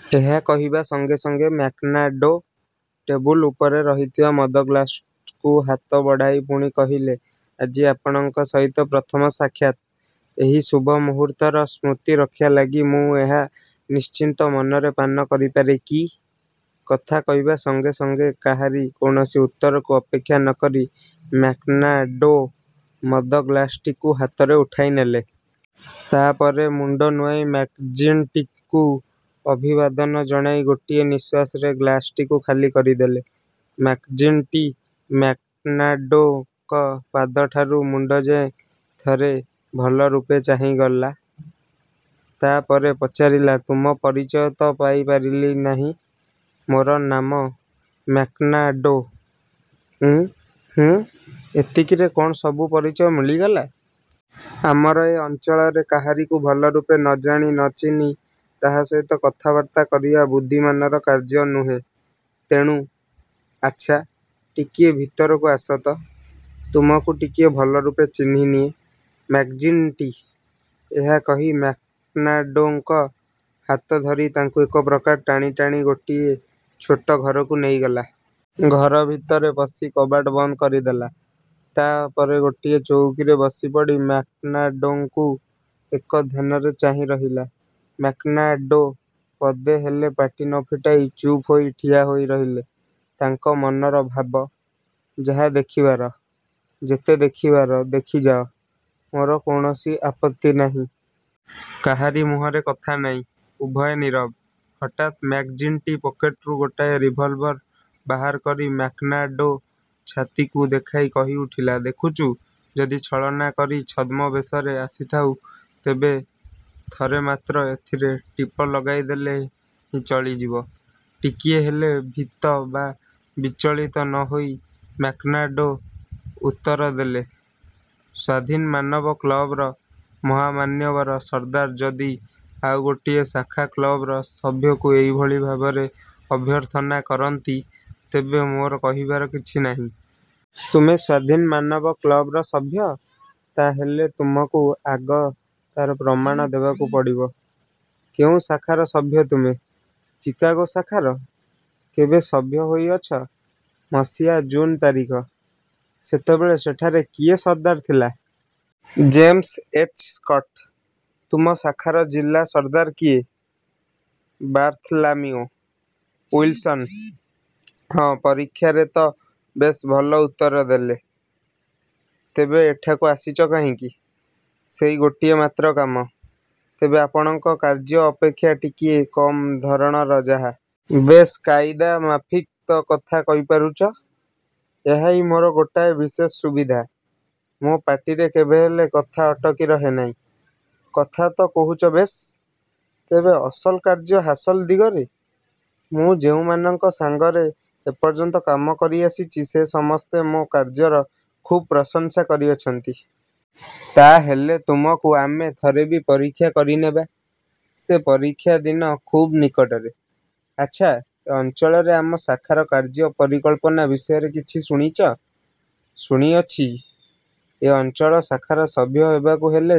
'' ଏହା କହିବା ସଙ୍ଗେସଙ୍ଗେ ମ୍ୟାକ୍ମାର୍ଡ଼ୋ ଟେବୁଲ ଉପରେ ରହିଥିବା ମଦ ଗ୍ଳାସକୁ ହାତ ବଢ଼ାଇ ପୁଣି କହିଲେ, ''ଆଜି ଆପଣଙ୍କ ସହିତ ପ୍ରଥମ ସାକ୍ଷାତ। ଏହି ଶୁଭ ମୁହୂର୍ତ୍ତର ସ୍ମୃତିରକ୍ଷା ଲାଗି ମୁଁ ଏହା ନିଶ୍ଚିନ୍ତ ମନରେ ପାନ କରିପାରେ କି? '' କଥା କହିବା ସଙ୍ଗେସଙ୍ଗେ କାହାରି କୌଣସି ଉତ୍ତରକୁ ଅପେକ୍ଷା ନ ରଖି ମ୍ୟାକ୍ମାର୍ଡ଼ୋ ମଦ ଗ୍ଳାସଟିକୁ ହାତରେ ଉଠାଇନେଲେ। ତା ପରେ ମୁଣ୍ଡ ନୁଆଇଁ ମ୍ୟାକ୍ଜିଣ୍ଟିକୁ ଅଭିବାଦନ ଜଣାଇ ଗୋଟିଏ ନିଃଶ୍ୱାସରେ ଗ୍ଳାସଟିକୁ ଖାଲି କରିଦେଲେ। ମ୍ୟାକ୍ଜିଣ୍ଟି ମ୍ୟାକ୍ମାର୍ଡ଼ୋଙ୍କ ପାଦଠାରୁ ମୁଣ୍ଡଯାଏ ଥରେ ଭଲରୂପେ ଚାହିଁଗଲା। ତା ପରେ ପଚାରିଲା, ''ତୁମ ପରିଚୟ ତ ପାଇ ପାରିଲି ନାହିଁ? '' ''ମୋର ନାମ ମ୍ୟାକ୍ମାର୍ଡ଼ୋ। '' ''ଉଁ, ହୁଁ, ଏତିକିରେ କଅଣ ସବୁ ପରିଚୟ ମିଳିଗଲା? ଆମର ଏ ଅଞ୍ଚଳରେ କାହାରିକୁ ଭଲରୂପେ ନ ଜାଣି, ନ ଚିହ୍ନି ତାହା ସହିତ କଥାବାର୍ତ୍ତା କରିବା ବୁଦ୍ଧିମାନର କାର୍ଯ୍ୟ ନୁହେଁ। ତେଣୁ। ଆଚ୍ଛା, ଟିକିଏ ଭିତରକୁ ଆସ ତ, ତୁମକୁ ଟିକିଏ ଭଲରୂପେ ଚିହ୍ନି ନିଏ। '' ମ୍ୟାକ୍ଜିଣ୍ଟି ଏହା କହି ମ୍ୟାକ୍ମାର୍ଡ଼ୋଙ୍କ ହାତ ଧରି ତାଙ୍କୁ ଏକ ପ୍ରକାର ଟାଣିଟାଣି ଗୋଟିଏ ଛୋଟ ଘରକୁ ନେଇଗଲା। ଘରଭିତରେ ପଶି କବାଟ ବନ୍ଦ କରିଦେଲା। ତା ପରେ ଗୋଟିଏ ଚୌକିରେ ବସିପଡ଼ି ମ୍ୟାକ୍ମାର୍ଡ଼ୋଙ୍କୁ ଏକଧ୍ୟାନରେ ଚାହିଁରହିଲା। ମ୍ୟାକ୍ମାର୍ଡ଼ୋ ପଦେ ହେଲେ ପାଟି ନ ଫିଟାଇ ଚୁପ୍ ହୋଇ ଠିଆହୋଇ ରହିଲେ। ତାଙ୍କ ମନର ଭାବ–ଯାହା ଦେଖିବାର, ଯେତେ ଦେଖିବାର ଦେଖିଯାଅ; ମୋର କୌଣସି ଆପତ୍ତି ନାହିଁ। କାହାରି ମୁହଁରେ କଥା ନାହିଁ। ଉଭୟେ ନୀରବ। ହଠାତ୍ ମ୍ୟାକ୍ଜିଣ୍ଟି ପକେଟରୁ ଗୋଟାଏ ରିଭଲଭର ବାହାର କରି ମ୍ୟାକ୍ମାର୍ଡ଼ୋ ଛାତିକୁ ଦେଖାଇ କହିଉଠିଲା, ''ଦେଖୁଛୁ, ଯଦି ଛଳନା କରି ଛଦ୍ମବେଶରେ ଆସିଥାଉ, ତେବେ ଥରେ ମାତ୍ର ଏଥିରେ ଟିପ ଲଗାଇଦେଲେ ହିଁ ଚଳିଯିବ। '' ଟିକିଏ ହେଲେ ଭୀତ ବା ବିଚଳିତ ନ ହୋଇ ମ୍ୟାକ୍ମାର୍ଡ଼ୋ ଉତ୍ତରଦେଲେ, ''ସ୍ୱାଧୀନ ମାନବ କ୍ଳବର ମହାମାନ୍ୟବର ସର୍ଦ୍ଦାର ଯଦି ଆଉ ଗୋଟିଏ ଶାଖା କ୍ଳବର ସଭ୍ୟକୁ ଏଇଭଳି ଭାବରେ ଅଭ୍ୟର୍ଥନା କରନ୍ତି, ତେବେ ମୋର କହିବାର କିଛି ନାହିଁ। ତୁମେ ସ୍ୱାଧୀନ ମାନବ କ୍ଳବର ସଭ୍ୟ? ତା ହେଲେ ତୁମକୁ ଆଗ ତାର ପ୍ରମାଣ ଦେବାକୁ ପଡ଼ିବ। କେଉଁ ଶାଖାର ସଭ୍ୟ ତୁମେ-? '' ''ଚିକାଗୋ ଶାଖାର। '' ''କେବେ ସଭ୍ୟ ହୋଇଅଛ? '''' ମସିହା ଜୁନ ତାରିଖ। '' ''ସେତେବେଳେ ସେଠାରେ କିଏ ସର୍ଦ୍ଦାର ଥିଲା? '' ''ଜେମ୍ସ ଏଚ୍. ସ୍କଟ। '' ''ତୁମ ଶାଖାର ଜିଲା ସର୍ଦ୍ଦାର କିଏ? '' ''ବାର୍ଥଲାମିଉ। ଉଇଲ୍ସନ୍। '' ''ହଁ, ପରୀକ୍ଷାରେ ତ ବେଶ୍ ଭଲ ଉତ୍ତରଦେଲେ। ତେବେ ଏଠାକୁ ଆସିଛ କାହିଁକି? '' ''ସେହି ଗୋଟିଏ ମାତ୍ର କାମ। ତେବେ ଆପଣଙ୍କ କାର୍ଯ୍ୟ ଅପେକ୍ଷା ଟିକିଏ କମ୍ ଧରଣର ଯାହା। '' ''ବେଶ୍ କାଇଦା ମାଫିକ ତ କଥା କହିପାରୁଛ? '' ''ଏହା ହିଁ ମୋର ଗୋଟାଏ ବିଶେଷ ସୁବିଧା। ମୋ ପାଟିରେ କେବେହେଲେ କଥା ଅଟକି ରହେ ନାହିଁ। '' ''କଥା ତ କହୁଛ ବେଶ୍; ତେବେ ଅସଲ କାର୍ଯ୍ୟ ହାସଲ ଦିଗରେ? '' ''ମୁଁ ଯେଉଁମାନଙ୍କ ସାଙ୍ଗରେ ଏପର୍ଯ୍ୟନ୍ତ କାମ କରିଆସିଛି, ସେ ସମସ୍ତେ ମୋ କାର୍ଯ୍ୟର ଖୁବ ପ୍ରଶଂସା କରିଅଛନ୍ତି। '' ''ତା ହେଲେ ତୁମକୁ ଆମେ ଥରେ ବି ପରୀକ୍ଷା କରିନେବା। ସେ ପରୀକ୍ଷା ଦିନ ଖୁବ୍ ନିକଟରେ। ଆଚ୍ଛା, ଏ ଅଞ୍ଚଳରେ ଆମ ଶାଖାର କାର୍ଯ୍ୟ ପରିକଳ୍ପନା ବିଷୟରେ କିଛି ଶୁଣିଛ? '' ''ଶୁଣିଅଛି। ଏ ଅଞ୍ଚଳ ଶାଖାର ସଭ୍ୟ ହେବାକୁ ହେଲେ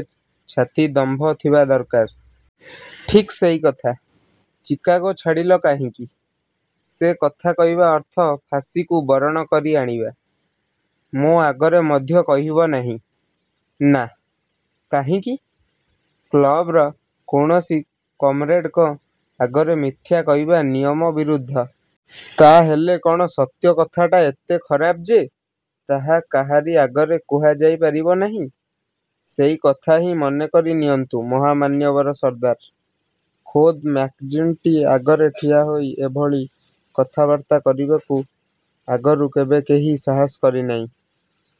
ଛାତି ଦମ୍ଭ ଥିବା ଦରକାର। '' ''ଠିକ୍ ସେହି କଥା। ଚିକାଗୋ ଛାଡ଼ିଲ କାହିଁକି? '' ''ସେ କଥା କହିବା ଅର୍ଥ ଫାଶିକୁ ବରଣ କରି ଆଣିବା। '' ''ମୋ ଆଗରେ ମଧ୍ୟ କହିବ ନାହିଁ? '' ''ନା। '' ''କାହିଁକି? '' ''କ୍ଳବ୍ର କୌଣସି କମ୍ରେଡ଼ଙ୍କ ଆଗରେ ମିଥ୍ୟା କହିବା ନିୟମବିରୁଦ୍ଧ। '' ''ତା ହେଲେ କଅଣ ସତ୍ୟ କଥାଟା ଏତେ ଖରାପ ଯେ, ତାହା କାହାରି ଆଗରେ କୁହାଯାଇପାରିବ ନାହିଁ? '' ''ସେହି କଥା ହିଁ ମନେକରି ନିଅନ୍ତୁ ମହାମାନ୍ୟବର ସର୍ଦ୍ଦାର! '' ଖୋଦ୍ ମ୍ୟାକ୍ଜିଣ୍ଟି ଆଗରେ ଠିଆହୋଇ ଏଭଳି କଥାବାର୍ତ୍ତା କରିବାକୁ ଆଗରୁ କେବେ କେହି ସାହସ କରି ନାହିଁ।